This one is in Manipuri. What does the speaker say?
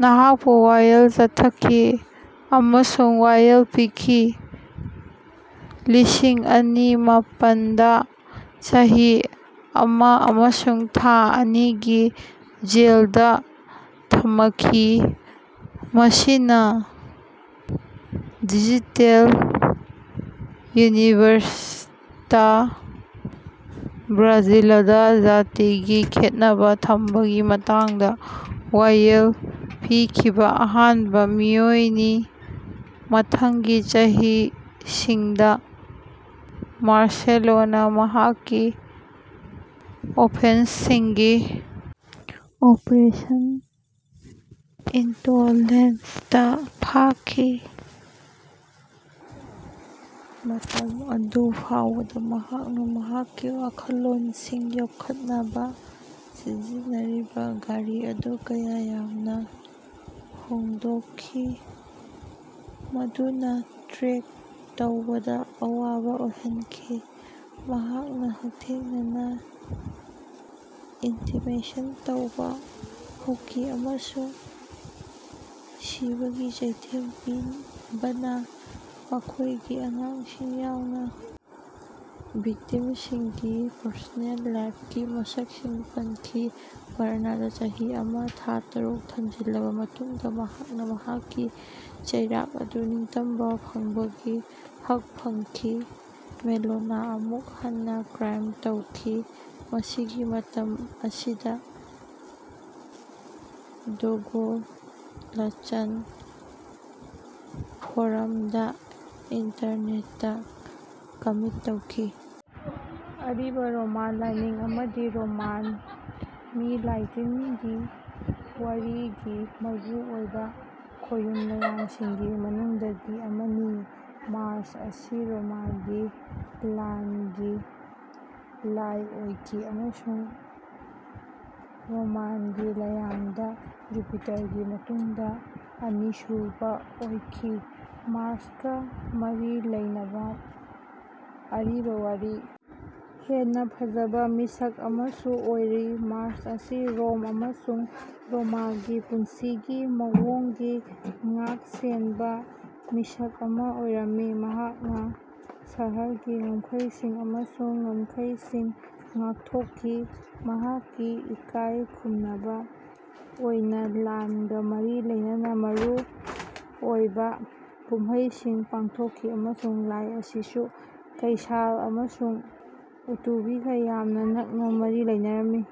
ꯃꯍꯥꯛꯄꯨ ꯋꯥꯌꯦꯜ ꯆꯠꯊꯈꯤ ꯑꯃꯁꯨꯡ ꯋꯥꯌꯦꯜ ꯄꯤꯈꯤ ꯂꯤꯁꯤꯡ ꯑꯅꯤ ꯃꯥꯄꯟꯗ ꯆꯍꯤ ꯑꯃꯥ ꯑꯃꯁꯨꯡ ꯊꯥ ꯑꯅꯤꯒꯤ ꯖꯦꯜꯗꯥ ꯊꯃꯈꯤ ꯃꯁꯤꯅꯥ ꯗꯤꯖꯤꯇꯦꯜ ꯌꯨꯅꯤꯚꯔꯁꯇꯥ ꯕ꯭ꯔꯥꯖꯤꯂꯗꯥ ꯖꯥꯇꯤꯒꯤ ꯈꯦꯟꯅꯕꯥ ꯊꯝꯕꯒꯤ ꯃꯇꯥꯡꯗꯥ ꯋꯥꯌꯦꯜ ꯄꯤꯈꯤꯕꯥ ꯑꯍꯥꯟꯕꯥ ꯃꯤꯑꯣꯏꯅꯤ꯫ ꯃꯊꯪꯒꯤ ꯆꯍꯤꯁꯤꯡꯗꯥ ꯃꯥꯔꯁꯦꯂꯣꯅꯥ ꯃꯍꯥꯛꯀꯤ ꯑꯣꯐꯦꯟꯁꯁꯤꯡꯒꯤ ꯑꯣꯄꯔꯦꯁꯟ ꯏꯟꯇꯣꯂꯦꯟꯁꯇꯥ ꯐꯥꯈꯤ꯫ ꯃꯇꯝ ꯑꯗꯨ ꯐꯥꯎꯕꯗꯥ ꯃꯍꯥꯛꯅꯥ ꯃꯍꯥꯛꯀꯤ ꯋꯥꯈꯜꯂꯣꯟꯁꯤꯡ ꯌꯣꯛꯈꯠꯅꯕꯥ ꯁꯤꯖꯤꯟꯅꯔꯤꯕꯥ ꯒꯥꯔꯤ ꯑꯗꯨ ꯀꯌꯥ ꯌꯥꯝꯅꯥ ꯍꯣꯡꯗꯣꯛꯈꯤ ꯃꯗꯨꯅꯥ ꯇ꯭ꯔꯦꯛ ꯇꯧꯕꯗꯥ ꯑꯋꯥꯕꯥ ꯑꯣꯏꯍꯟꯈꯤ꯫ ꯃꯍꯥꯛꯅꯥ ꯍꯛꯊꯦꯡꯅꯅꯥ ꯏꯟꯇꯤꯃꯤꯗꯦꯁꯟ ꯇꯧꯕꯥ ꯍꯧꯈꯤ ꯑꯃꯁꯨꯡ ꯁꯤꯕꯒꯤ ꯆꯩꯊꯦꯡ ꯄꯤꯕꯅꯥ ꯃꯈꯣꯏꯒꯤ ꯑꯉꯥꯡꯁꯤꯡ ꯌꯥꯎꯅꯥ ꯚꯤꯛꯇꯤꯝꯁꯤꯡꯒꯤ ꯄꯔꯁꯣꯅꯦꯜ ꯂꯥꯏꯐꯀꯤ ꯃꯁꯛꯁꯤꯡ ꯄꯟꯈꯤ꯫ ꯄꯥꯔꯥꯅꯥꯗꯥ ꯆꯍꯤ ꯑꯃꯥ ꯊꯥ ꯇꯔꯨꯛ ꯊꯝꯖꯤꯜꯂꯕꯥ ꯃꯇꯨꯡꯗꯥ ꯃꯍꯥꯛꯅꯥ ꯃꯍꯥꯛꯀꯤ ꯆꯩꯔꯥꯛ ꯑꯗꯨ ꯅꯤꯡꯇꯝꯕꯥ ꯐꯪꯕꯒꯤ ꯍꯛ ꯐꯪꯈꯤ꯫ ꯃꯦꯂꯣꯅꯥ ꯑꯃꯨꯛ ꯍꯟꯅꯥ ꯀ꯭ꯔꯥꯏꯝ ꯇꯧꯈꯤ ꯃꯁꯤꯒꯤ ꯃꯇꯝ ꯑꯁꯤꯗꯥ ꯗꯣꯒꯣꯂꯥꯆꯟ ꯐꯣꯔꯝꯗꯥ ꯏꯟꯇꯔꯅꯦꯠꯇꯥ ꯀꯃꯤꯠ ꯇꯧꯈꯤ꯫ ꯑꯔꯤꯕ ꯔꯣꯃꯥꯟ ꯂꯥꯢꯅꯤꯡ ꯑꯃꯗꯤ ꯔꯣꯃꯥꯟ ꯃꯤ ꯂꯥꯢ ꯇꯤꯟꯒꯤ ꯋꯥꯔꯤꯒꯤ ꯃꯔꯨ ꯑꯣꯢꯕ ꯈꯣꯌꯨꯝ ꯂꯥꯢꯌꯥꯝꯁꯤꯡꯒꯤ ꯃꯅꯨꯡꯗꯒꯤ ꯑꯃꯅꯤ꯫ ꯃꯥꯔ꯭ꯁ ꯑꯁꯤ ꯔꯣꯃꯥꯟꯒꯤ ꯂꯥꯟꯒꯤ ꯂꯥꯏ ꯑꯣꯏꯈꯤ ꯑꯃꯁꯨꯡ ꯔꯣꯃꯥꯟꯒꯤ ꯂꯥꯏꯌꯥꯝꯗ ꯖꯨꯄꯤꯇꯔꯒꯤ ꯃꯇꯨꯡꯗ ꯑꯅꯤꯁꯨꯕ ꯑꯣꯏꯈꯤ꯫ ꯃꯥꯔ꯭ꯁꯀ ꯃꯔꯤ ꯂꯩꯅꯕ ꯑꯔꯤꯕ ꯋꯥꯔꯤ ꯍꯦꯟꯅ ꯐꯖꯕ ꯃꯤꯁꯛ ꯑꯃꯁꯨ ꯑꯣꯏꯔꯤ꯫ ꯃꯥꯔ꯭ꯁ ꯑꯁꯤ ꯔꯣꯝ ꯑꯃꯁꯨꯡ ꯔꯣꯃꯥꯟꯒꯤ ꯄꯨꯟꯁꯤꯒꯤ ꯃꯑꯣꯡꯒꯤ ꯉꯥꯛꯁꯦꯟꯕ ꯃꯤꯁꯛ ꯑꯃ ꯑꯣꯏꯔꯝꯃꯤ꯫ ꯃꯍꯥꯛꯅ ꯁꯍꯔꯒꯤ ꯉꯝꯈꯩꯁꯤꯡ ꯑꯃꯁꯨꯡ ꯉꯝꯈꯩꯁꯤꯡ ꯉꯥꯛꯊꯣꯛꯈꯤ꯫ ꯃꯍꯥꯛꯀꯤ ꯏꯀꯥꯏꯈꯨꯝꯅꯕ ꯑꯣꯏꯅ ꯂꯥꯟꯒ ꯃꯔꯤ ꯂꯩꯅꯕ ꯃꯔꯨꯑꯣꯏꯕ ꯀꯨꯝꯍꯩꯁꯤꯡ ꯄꯥꯡꯊꯣꯛꯈꯤ ꯑꯃꯁꯨꯡ ꯂꯥꯏ ꯑꯁꯤꯁꯨ ꯀꯩꯁꯥꯜ ꯑꯃꯁꯨꯡ ꯎꯇꯨꯕꯤꯒ ꯌꯥꯝꯅ ꯅꯛꯅ ꯃꯔꯤ ꯂꯩꯅꯔꯝꯃꯤ꯫